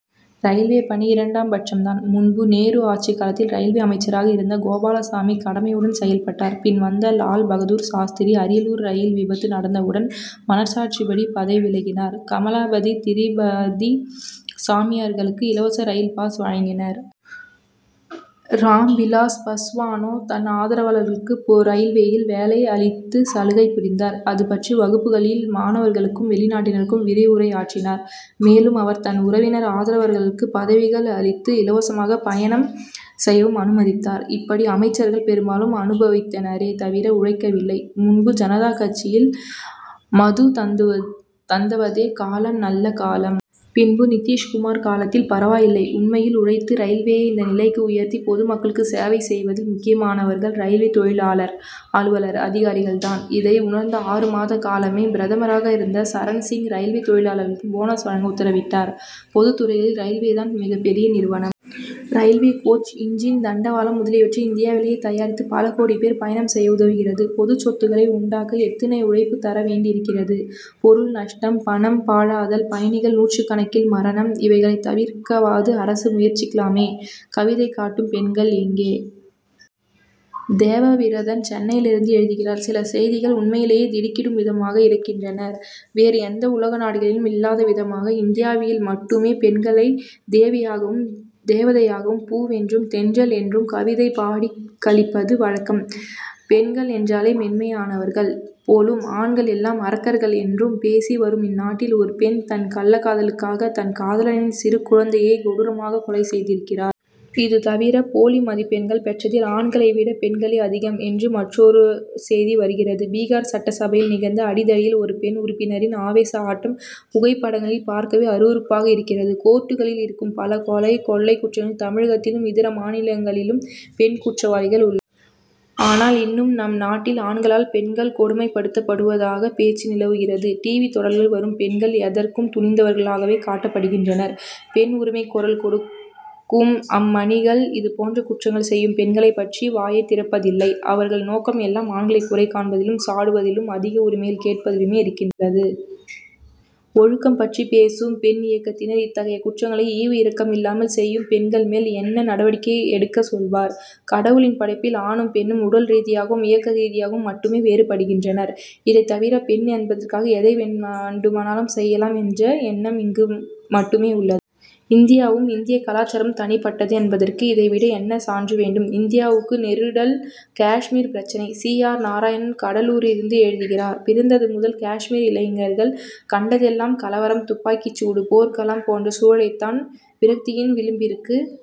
Railway பணி இரண்டாம் பட்சம் தான். முன்பு, நேரு ஆட்சி காலத்தில் ரயில்வே அமைச்சராக இருந்த கோபாலசாமி, கடமையுடன் செயல்பட்டார். பின் வந்த லால்பகதூர் சாஸ்திரி, அரியலூர் ரயில் விபத்து நடந்தவுடன், மனசாட்சிப்படி பதவி விலகினார். கமலபதி திரிபாதி, சாமியார்களுக்கு இலவச ரயில் பாஸ் வழங்கினர். ராம்விலாஸ் பஸ்வானோ, தன் ஆதரவாளர்களுக்கு ரயில்வேயில் வேலை அளித்து சலுகை புரிந்தார். அதுபற்றி வகுப்புகளில், மாணவர்களுக்கும், வெளிநாட்டினருக்கும் விரிவுரையாற்றினார். மேலும், அவர் தன் உறவினர், ஆதரவளர்களுக்குப் பதவிகள் அளித்து, இலவசமாகப் பயணம் செய்யவும் அனுமதித்தார். இப்படி அமைச்சர்கள் பெரும்பாலும் அனுபவித்தனரே தவிர உழைக்கவில்லை. முன்பு ஜனதா ஆட்சியில், மது தந்தவதே காலம் நல்ல காலம். பின்பு, நிதிஷ்குமார் காலத்தில் பரவாயில்லை. உண்மையில் உழைத்து, ரயில்வேயை இந்த நிலைக்கு உயர்த்தி, பொதுமக்களுக்கு சேவை செய்வதில் முக்கியமானவர்கள், ரயில்வே தொழிலாளர், அலுவலர், அதிகாரிகள் தான். இதை உணர்ந்த, ஆறு மாத காலமே பிரதமராக இருந்த சரண்சிங், ரயில்வே தொழிலாளர்களுக்கு போனஸ் வழங்க உத்தரவிட்டார். பொதுத் துறைகளில், ரயில்வே தான் மிகப்பெரிய நிறுவனம். ரயில்வே கோச், இன்ஜின், தண்டவாளம் முதலியவற்றை இந்தியாவிலேயே தயாரித்து, பல கோடிப் பேர் பயணம் செய்ய உதவுகிறது. பொதுச் சொத்துக்களை உண்டாக்க எத்துணை உழைப்பு தர வேண்டியிருக்கிறது! பொருள் நஷ்டம், பணம் பாழாதல், பயணிகள் நூற்றுக்கணக்கில் மரணம். இவைகளைத் தவிர்க்கவாவது அரசு முயற்சிக்கலாமே! கவிதை காட்டும் பெண்கள் எங்கே? தேவவிரதன், சென்னையிலிருந்து எழுதுகிறார்: சில செய்திகள் உண்மையிலேயே திடுக்கிடும் விதமாக இருக்கின்றன. வேறு எந்த உலக நாடுகளிலும் இல்லாத விதமாக, இந்தியாவில் மட்டுமே, பெண்களை தேவியாகவும், தேவதையாகவும், பூவென்றும், தென்றல் என்றும் கவிதை பாடிக் களிப்பது வழக்கம். பெண்கள் என்றாலே, மென்மையானவர்கள் போலும், ஆண்கள் எல்லாம் அரக்கர்கள் என்றும் பேசி வரும் இந்நாட்டில், ஒரு பெண் தன் கள்ளக் காதலுக்காக, தன் காதலனின் சிறு குழந்தையை கொடூரமாகக் கொலை செய்திருக்கிறாள். இது தவிர, போலி மதிப்பெண்கள் பெற்றதில், ஆண்களை விட, பெண்களே அதிகம் என்று மற்றொரு செய்தி வருகிறது. பீகார் சட்டசபையில் நிகழ்ந்த அடிதடியில், ஒரு பெண் உறுப்பினரின் ஆவேச ஆட்டம், புகைப்படங்களில் பார்க்கவே அருவருப்பாக இருக்கிறது. கோர்ட்டுகளில் இருக்கும் பல கொலை, கொள்ளை குற்றங்களில், தமிழகத்திலும், இதர மாநிலங்களிலும், பெண் குற்றவாளிகள் உள்ள. ஆனால், இன்னும் நம் நாட்டில், ஆண்களால், பெண்கள் கொடுமைப்படுத்தப்படுவதாக பேச்சு நிலவுகிறது. "டிவி' தொடர்களில் வரும் பெண்கள், எதற்கும் துணிந்தவர்களாகவே காட்டப்படுகின்றனர். பெண் உரிமைக்குக் குரல் கொடுக்கும் அம்மணிகள், இது போன்ற குற்றங்கள் செய்யும் பெண்களைப் பற்றி வாயே திறப்பதில்லை. அவர்கள் நோக்கம் எல்லாம், ஆண்களை குறை காண்பதிலும், சாடுவதிலும், அதிக உரிமைகள் கேட்பதிலுமே இருக்கின். றது. ஒழுக்கம் பற்றிப் பேசும் பெண் இயக்கத்தினர், இத்தகைய குற்றங்களை ஈவு இரக்கம் இல்லாமல் செய்யும் பெண்கள் மேல் என்ன நடவடிக்கை எடுக்க சொல்வர்? கடவுளின் படைப்பில் ஆணும், பெண்ணும், உடல் ரீதியாகவும், இயக்க ரீதியாகவும் மட்டுமே வேறுபடுகின்றனர். இதை தவிர, பெண் என்பதற்காக எதை வேண்டுமானாலும் செய்யலாம் என்ற எண்ணம் இங்கு மட்டுமே உள்ள. இந்தியாவும், இந்திய கலாசாரமும் தனிப்பட்டது என்பதற்கு, இதை விட என்ன சான்று வேண்டும்? இந்தியாவுக்கு நெருடல் காஷ்மீர் பிரச்னை: சி. ஆர். நாராயணன், கடலூரிலிருந்து எழுதுகிறார்: பிறந்தது முதல் காஷ்மீர் இளைஞர்கள் கண்டதெல்லாம், கலவரம், துப்பாக்கிச் சூடு, போர்க்களம் போன்ற சூழலைத் தான். விரக்தியின் விளிம்பிற்கு